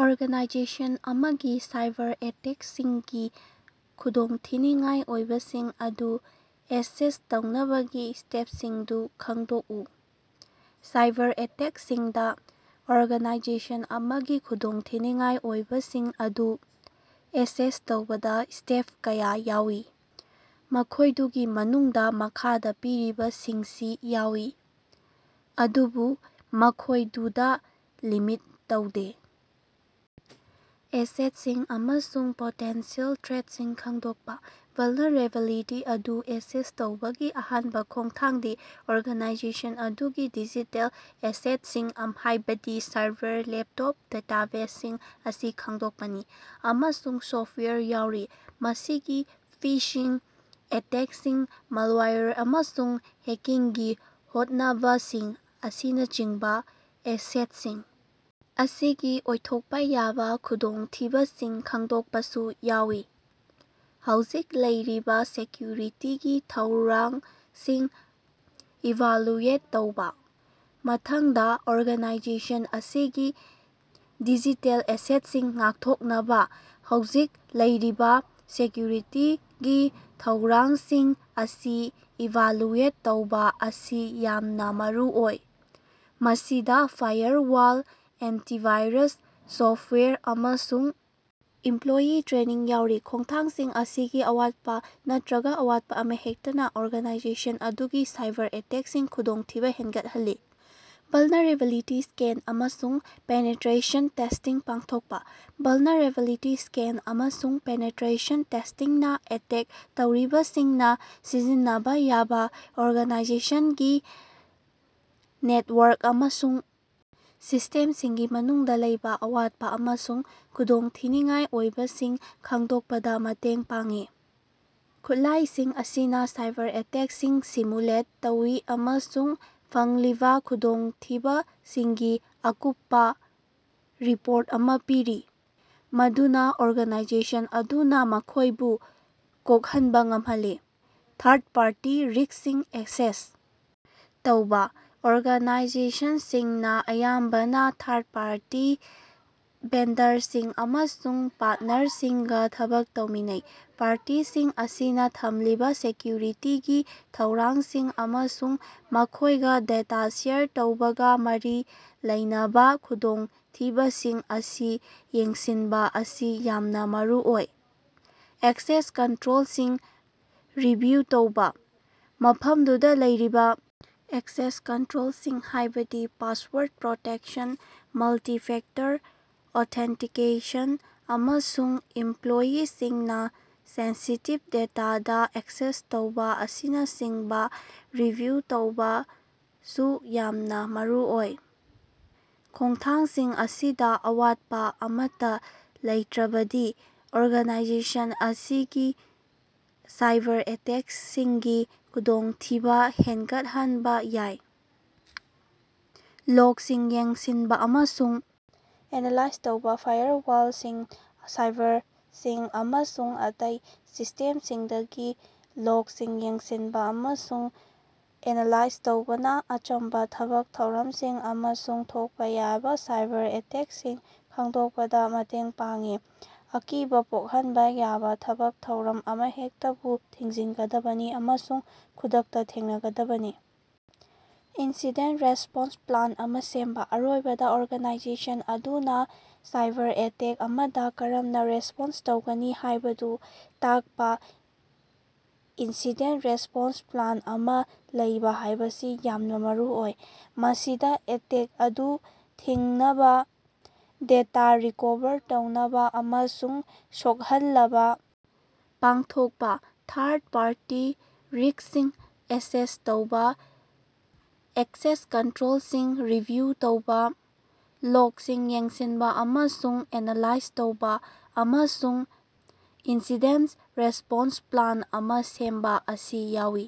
Organisation ꯑꯃꯒꯤ cyber ꯑꯦꯇꯦꯛꯁꯤꯡꯒꯤ ꯈꯨꯗꯣꯡꯊꯤꯅꯤꯉꯥꯏ ꯑꯣꯏꯕꯁꯤꯡ ꯑꯗꯨ ꯑꯦꯁꯦꯁ ꯇꯧꯅꯕꯒꯤ ꯁ꯭ꯇꯦꯞꯁꯤꯡ ꯑꯗꯨ ꯈꯪꯗꯣꯛꯎ꯫ ꯁꯥꯏꯕꯔ ꯑꯦꯇꯦꯛꯁꯤꯡꯗꯥ ꯑꯣꯔꯒꯥꯅꯥꯏꯖꯦꯁꯟ ꯑꯃꯒꯤ ꯈꯨꯗꯣꯡꯊꯤꯅꯤꯉꯥꯏ ꯑꯣꯏꯕꯁꯤꯡ ꯑꯗꯨ ꯑꯦꯁꯦꯁ ꯇꯧꯕꯗꯥ ꯁ꯭ꯇꯦꯞ ꯀꯌꯥ ꯌꯥꯎꯏ꯫ ꯃꯈꯣꯏꯗꯨꯒꯤ ꯃꯅꯨꯡꯗꯥ ꯃꯈꯥꯗꯥ ꯄꯤꯔꯤꯕꯁꯤꯡꯁꯤ ꯌꯥꯎꯏ, ꯑꯗꯨꯕꯨ ꯃꯈꯣꯏꯗꯨꯗ ꯂꯤꯃꯤꯠ ꯇꯧꯗꯦ: ꯑꯦꯁꯦꯇꯁꯤꯡ ꯑꯃꯁꯨꯡ ꯄꯣꯇꯦꯟꯁꯤꯑꯦꯜ ꯊ꯭ꯔꯦꯠꯁꯤꯡ ꯈꯪꯗꯣꯛꯄꯥ: ꯚꯜꯅꯦꯔꯦꯕꯤꯂꯤꯇꯤ ꯑꯗꯨ ꯑꯦꯁꯦꯁ ꯇꯧꯕꯒꯤ ꯑꯍꯥꯟꯕ ꯈꯣꯡꯊꯥꯡꯗꯤ ꯑꯣꯔꯒꯥꯅꯥꯏꯖꯦꯁꯟ ꯑꯗꯨꯒꯤ ꯗꯤꯖꯤꯇꯦꯜ ꯑꯦꯁꯦꯇꯁꯤꯡ, ꯍꯥꯏꯕꯗꯤ ꯁꯔꯚꯔ, ꯂꯦꯞ ꯇꯣꯞ, ꯗꯦꯇꯥꯕꯦꯖꯁꯤꯡ ꯑꯁꯤ ꯈꯪꯗꯣꯛꯄꯅꯤ꯫ꯑꯃꯁꯨꯡ ꯁꯣꯐꯋꯦꯌꯔ ꯌꯥꯎꯔꯤ꯫ ꯃꯁꯤꯒꯤ ꯐꯤꯁꯤꯡ ꯑꯦꯇꯦꯛꯁꯤꯡ, ꯃꯥꯜꯋꯥꯌꯔ, ꯑꯃꯁꯨꯡ ꯍꯦꯀꯤꯡꯒꯤ ꯍꯣꯠꯅꯕꯁꯤꯡ ꯑꯁꯤꯅꯆꯤꯡꯕ ꯑꯦꯁꯦꯠꯁꯤꯡ ꯑꯁꯤꯒꯤ ꯑꯣꯏꯊꯣꯛꯄ ꯌꯥꯕ ꯈꯨꯗꯣꯡꯊꯤꯕꯁꯤꯡ ꯈꯪꯗꯣꯛꯄꯁꯨ ꯌꯥꯎꯏ꯫ ꯍꯧꯖꯤꯛ ꯂꯩꯔꯤꯕꯥ ꯁꯦꯀ꯭ꯌꯨꯔꯤꯇꯤꯒꯤ ꯊꯧꯔꯥꯡꯁꯤꯡ ꯏꯚꯥꯂꯨꯑꯦꯠ ꯇꯧꯕꯥ: ꯃꯊꯪꯗꯥ ꯑꯣꯔꯒꯅꯥꯏꯖꯦꯁꯟ ꯑꯁꯤꯒꯤ ꯗꯤꯖꯤꯇꯦꯜ ꯑꯦꯁꯦꯠꯁꯤꯡ ꯉꯥꯛꯊꯣꯛꯅꯕꯥ ꯍꯧꯖꯤꯛ ꯂꯩꯔꯤꯕꯥ ꯁꯦꯀ꯭ꯌꯨꯔꯤꯇꯤꯒꯤ ꯊꯧꯔꯥꯡꯁꯤꯡ ꯑꯁꯤ ꯏꯚꯥꯂꯨꯑꯦꯠ ꯇꯧꯕꯥ ꯑꯁꯤ ꯌꯥꯝꯅꯥ ꯃꯔꯨꯑꯣꯏ꯫ ꯃꯁꯤꯗꯥ ꯐꯥꯏꯌꯔꯋꯥꯜ, ꯑꯦꯟꯇꯤꯚꯥꯏꯔꯁ ꯁꯣꯐꯋꯥꯌꯔ, ꯑꯃꯁꯨꯡ ꯏꯝꯄꯂꯣꯌꯤ ꯇ꯭ꯔꯦꯅꯤꯡ ꯌꯥꯎꯔꯤ꯫ ꯈꯣꯡꯊꯥꯡꯁꯤꯡ ꯑꯁꯤꯒꯤ ꯑꯋꯥꯠꯄ ꯅꯠꯇ꯭ꯔꯒꯥ ꯑꯋꯥꯠꯄꯥ ꯑꯃꯍꯦꯛꯇꯅ ꯑꯣꯔꯒꯥꯅꯥꯏꯖꯦꯁꯟ ꯑꯗꯨꯒꯤ ꯁꯥꯏꯕꯔ ꯑꯦꯇꯦꯛꯁꯤꯡꯒꯤ ꯈꯨꯗꯣꯡꯊꯤꯕ ꯍꯦꯟꯒꯠꯍꯜꯂꯤ꯫ ꯚꯂꯅꯦꯔꯦꯕꯤꯂꯤꯇꯤ ꯁ꯭ꯀꯦꯟ ꯑꯃꯁꯨꯡ ꯄꯦꯅꯦꯇ꯭ꯔꯦꯁꯟ ꯇꯦꯁꯇꯤꯡ ꯄꯥꯡꯊꯣꯛꯄꯥ: ꯚꯜꯅꯦꯔꯦꯕꯤꯂꯤꯇꯤ ꯁ꯭ꯀꯦꯟ ꯑꯃꯁꯨꯡ ꯄꯦꯅꯦꯇ꯭ꯔꯦꯁꯟ ꯇꯦꯁꯇꯤꯡꯅ ꯑꯦꯇꯦꯛ ꯇꯧꯔꯤꯕꯁꯤꯡꯅ ꯁꯤꯖꯤꯟꯅꯕ ꯌꯥꯕꯥ ꯑꯣꯔꯒꯥꯅꯥꯏꯖꯦꯁꯟꯒꯤ ꯅꯦꯠꯋꯥꯔ꯭ꯀ ꯑꯃꯁꯨꯡ ꯁꯤꯁꯇꯦꯝꯁꯤꯡꯒꯤ ꯃꯅꯨꯡꯗ ꯂꯩꯕ ꯑꯋꯥꯠꯄ ꯑꯃꯁꯨꯡ ꯈꯨꯗꯣꯡꯊꯤꯅꯤꯉꯥꯏ ꯑꯣꯏꯕꯁꯤꯡ ꯈꯪꯗꯣꯛꯄꯗ ꯃꯇꯦꯡ ꯄꯥꯡꯏ꯫ ꯈꯨꯠꯂꯥꯏꯁꯤꯡ ꯑꯁꯤꯅ ꯁꯥꯏꯕꯔ ꯑꯦꯇꯦꯛꯁꯤꯡ ꯁꯤꯃꯨꯂꯦꯠ ꯇꯧꯏ ꯑꯃꯁꯨꯡ ꯐꯪꯂꯤꯕꯥ ꯈꯨꯗꯣꯡꯊꯤꯕꯁꯤꯡꯒꯤ ꯑꯀꯨꯞꯄꯥ ꯔꯤꯄꯣꯔ꯭ꯇꯑꯃꯥ ꯄꯤꯔꯤ, ꯃꯗꯨꯅꯥ ꯑꯣꯔꯒꯥꯅꯥꯏꯖꯦꯁꯟ ꯑꯗꯨꯅ ꯃꯈꯣꯏꯕꯨ ꯀꯣꯛꯍꯟꯕ ꯉꯝꯍꯜꯂꯤ꯫ ꯊꯥꯔ꯭ꯗ ꯄꯥꯔꯇꯤ ꯔꯤꯀ꯭ꯁꯁꯤꯡ ꯑꯦꯁꯦꯁ ꯇꯧꯕꯥ: ꯑꯣꯔꯒꯥꯅꯥꯏꯖꯦꯁꯟꯁꯤꯡꯅ ꯑꯌꯥꯝꯕꯅ ꯊꯥꯔꯠꯄꯥꯔꯇꯤ ꯚꯦꯟꯗꯔꯁꯤꯡ ꯑꯃꯁꯨꯡ ꯄꯥꯔꯠꯅꯔꯁꯤꯡꯒꯥ ꯊꯕꯛ ꯇꯧꯃꯤꯟꯅꯩ꯫ ꯄꯥꯔꯇꯤꯁꯤꯡ ꯑꯁꯤꯅꯥ ꯊꯝꯂꯤꯕ ꯁꯦꯀ꯭ꯌꯨꯔꯤꯇꯤꯒꯤ ꯊꯧꯔꯥꯡꯁꯤꯡ ꯑꯃꯁꯨꯡ ꯃꯈꯣꯏꯒ ꯗꯦꯇꯥ ꯁꯦꯌꯔ ꯇꯧꯕꯒ ꯃꯔꯤ ꯂꯩꯅꯕꯥ ꯈꯨꯗꯣꯡꯊꯤꯕꯁꯤꯡ ꯑꯁꯤ ꯌꯦꯡꯁꯤꯟꯕ ꯑꯁꯤ ꯌꯥꯝꯅ ꯃꯔꯨꯑꯣꯏ꯫ ꯑꯦꯛꯁꯦꯁ ꯀꯟꯇ꯭ꯔꯣꯜꯁꯤꯡ ꯔꯤꯚꯤꯌꯨ ꯇꯧꯕ: ꯃꯐꯝꯗꯨꯗ ꯂꯩꯔꯤꯕ ꯑꯦꯛꯁꯦꯁ ꯀꯟꯇ꯭ꯔꯣꯜꯁꯤꯡ, ꯍꯥꯏꯕꯗꯤ ꯄꯥꯁꯋꯥꯔꯗ ꯄ꯭ꯔꯣꯇꯦꯛꯁꯟ, ꯃꯜꯇꯤ-ꯐꯦꯛꯇꯔ ꯑꯣꯊꯦꯟꯇꯤꯀꯦꯁꯟ, ꯑꯃꯁꯨꯡ ꯏꯝꯄꯂꯣꯌꯤꯁꯤꯡꯅ ꯁꯦꯟꯁꯤꯇꯤꯚ ꯗꯦꯇꯥꯗꯥ ꯑꯦꯛꯁꯦꯁ ꯇꯧꯕꯥ ꯑꯁꯤꯅꯆꯤꯡꯕ ꯔꯤꯚꯤꯌꯨ ꯇꯧꯕꯁꯨ ꯌꯥꯝꯅ ꯃꯔꯨꯑꯣꯏ꯫ ꯈꯣꯡꯊꯥꯡꯁꯤꯡ ꯑꯁꯤꯗꯥ ꯑꯋꯥꯠꯄꯥ ꯑꯃꯠꯇꯥ ꯂꯩꯇ꯭ꯔꯕꯗꯤ ꯑꯣꯔꯒꯅꯥꯏꯖꯦꯁꯟ ꯑꯁꯤꯒꯤ ꯁꯥꯏꯕꯔ ꯑꯦꯇꯦꯛꯁꯤꯡꯒꯤ ꯈꯨꯗꯣꯡꯊꯤꯕ ꯍꯦꯟꯒꯠꯍꯟꯕ ꯌꯥꯏ꯫ ꯂꯣꯒꯁꯤꯡ ꯌꯦꯡꯁꯤꯟꯕ ꯑꯃꯁꯨꯡ ꯑꯦꯅꯥꯂꯥꯏꯖ ꯇꯧꯕ: ꯐꯥꯏꯌꯔꯋꯥꯜꯁꯤꯡ, ꯁꯥꯏꯕꯔꯁꯤꯡ ꯑꯃꯁꯨꯡ ꯑꯇꯩ ꯁꯤꯁꯇꯦꯝꯁꯤꯡꯗꯒꯤ ꯂꯣꯒꯁꯤꯡ ꯌꯦꯡꯁꯤꯟꯕ ꯑꯃꯁꯨꯡ ꯑꯦꯅꯥꯂꯥꯏꯖ ꯇꯧꯕꯅ ꯑꯆꯝꯕ ꯊꯕꯛ ꯊꯧꯔꯝꯁꯤꯡ ꯑꯃꯁꯨꯡ ꯊꯣꯛꯄꯥ ꯌꯥꯕꯥ ꯁꯥꯏꯕꯔ ꯑꯦꯇꯦꯛꯁꯤꯡ ꯈꯪꯗꯣꯛꯄꯗ ꯃꯇꯦꯡ ꯄꯥꯡꯏ꯫ ꯑꯀꯤꯕ ꯄꯣꯛꯍꯟꯕ ꯌꯥꯕꯥ ꯊꯕꯛ ꯊꯧꯔꯝ ꯑꯃꯍꯦꯛꯇꯕꯨ ꯊꯤꯖꯤꯟꯒꯗꯕꯅꯤ ꯑꯃꯁꯨꯡ ꯈꯨꯗꯛꯇ ꯊꯦꯡꯅꯒꯗꯕꯅꯤ꯫ ꯏꯟꯁꯤꯗꯦꯟ ꯔꯦꯁꯄꯣꯟꯁ ꯄ꯭ꯂꯥꯟ ꯑꯃ ꯁꯦꯝꯕ: ꯑꯔꯣꯏꯕꯗ, ꯑꯣꯔꯒꯥꯅꯥꯏꯖꯦꯁꯟ ꯑꯗꯨꯅꯥ ꯁꯥꯏꯕꯔ ꯑꯦꯇꯦꯛ ꯑꯃꯗꯥ ꯀꯔꯝꯅ ꯔꯦꯁꯄꯣꯟꯁ ꯇꯧꯒꯅꯤ ꯍꯥꯏꯕꯗꯨ ꯇꯥꯛꯄ ꯏꯟꯁꯤꯗꯦꯟ ꯔꯦꯁ꯭ꯄꯣꯟꯁ ꯄ꯭ꯂꯥꯟ ꯑꯃ ꯂꯩꯕ ꯍꯥꯏꯕꯁꯤ ꯌꯥꯝꯅ ꯃꯔꯨꯑꯣꯏ꯫ ꯃꯁꯤꯗ ꯑꯦꯇꯦꯛ ꯑꯗꯨ ꯊꯤꯡꯅꯕꯥ, ꯗꯦꯇꯥ ꯔꯤꯀꯣꯚꯔ ꯇꯧꯅꯕ ꯑꯃꯁꯨꯡ ꯁꯣꯛꯍꯜꯂꯕ ꯄꯥꯡꯊꯣꯛꯄꯥ, ꯊꯥꯔꯠ ꯄꯥꯔꯇꯤ ꯔꯤꯛꯁꯁꯤꯡ ꯑꯦꯁꯦꯁ ꯇꯧꯕꯥ, ꯑꯦꯛꯁꯦꯁ ꯀꯟꯇ꯭ꯔꯣꯜꯁꯤꯡ ꯔꯤꯚꯤꯌꯨ ꯇꯧꯕ, ꯂꯣꯒꯁꯤꯡ ꯌꯦꯡꯁꯤꯟꯕ ꯑꯃꯁꯨꯡ ꯑꯦꯅꯥꯂꯥꯏꯖ ꯇꯧꯕ, ꯑꯃꯁꯨꯡ ꯏꯟꯁꯤꯗꯦꯟ ꯔꯦꯁꯄꯣꯟꯁ ꯄ꯭ꯂꯥꯟ ꯑꯃ ꯁꯦꯝꯕ ꯑꯁꯤ ꯌꯥꯎꯏ꯫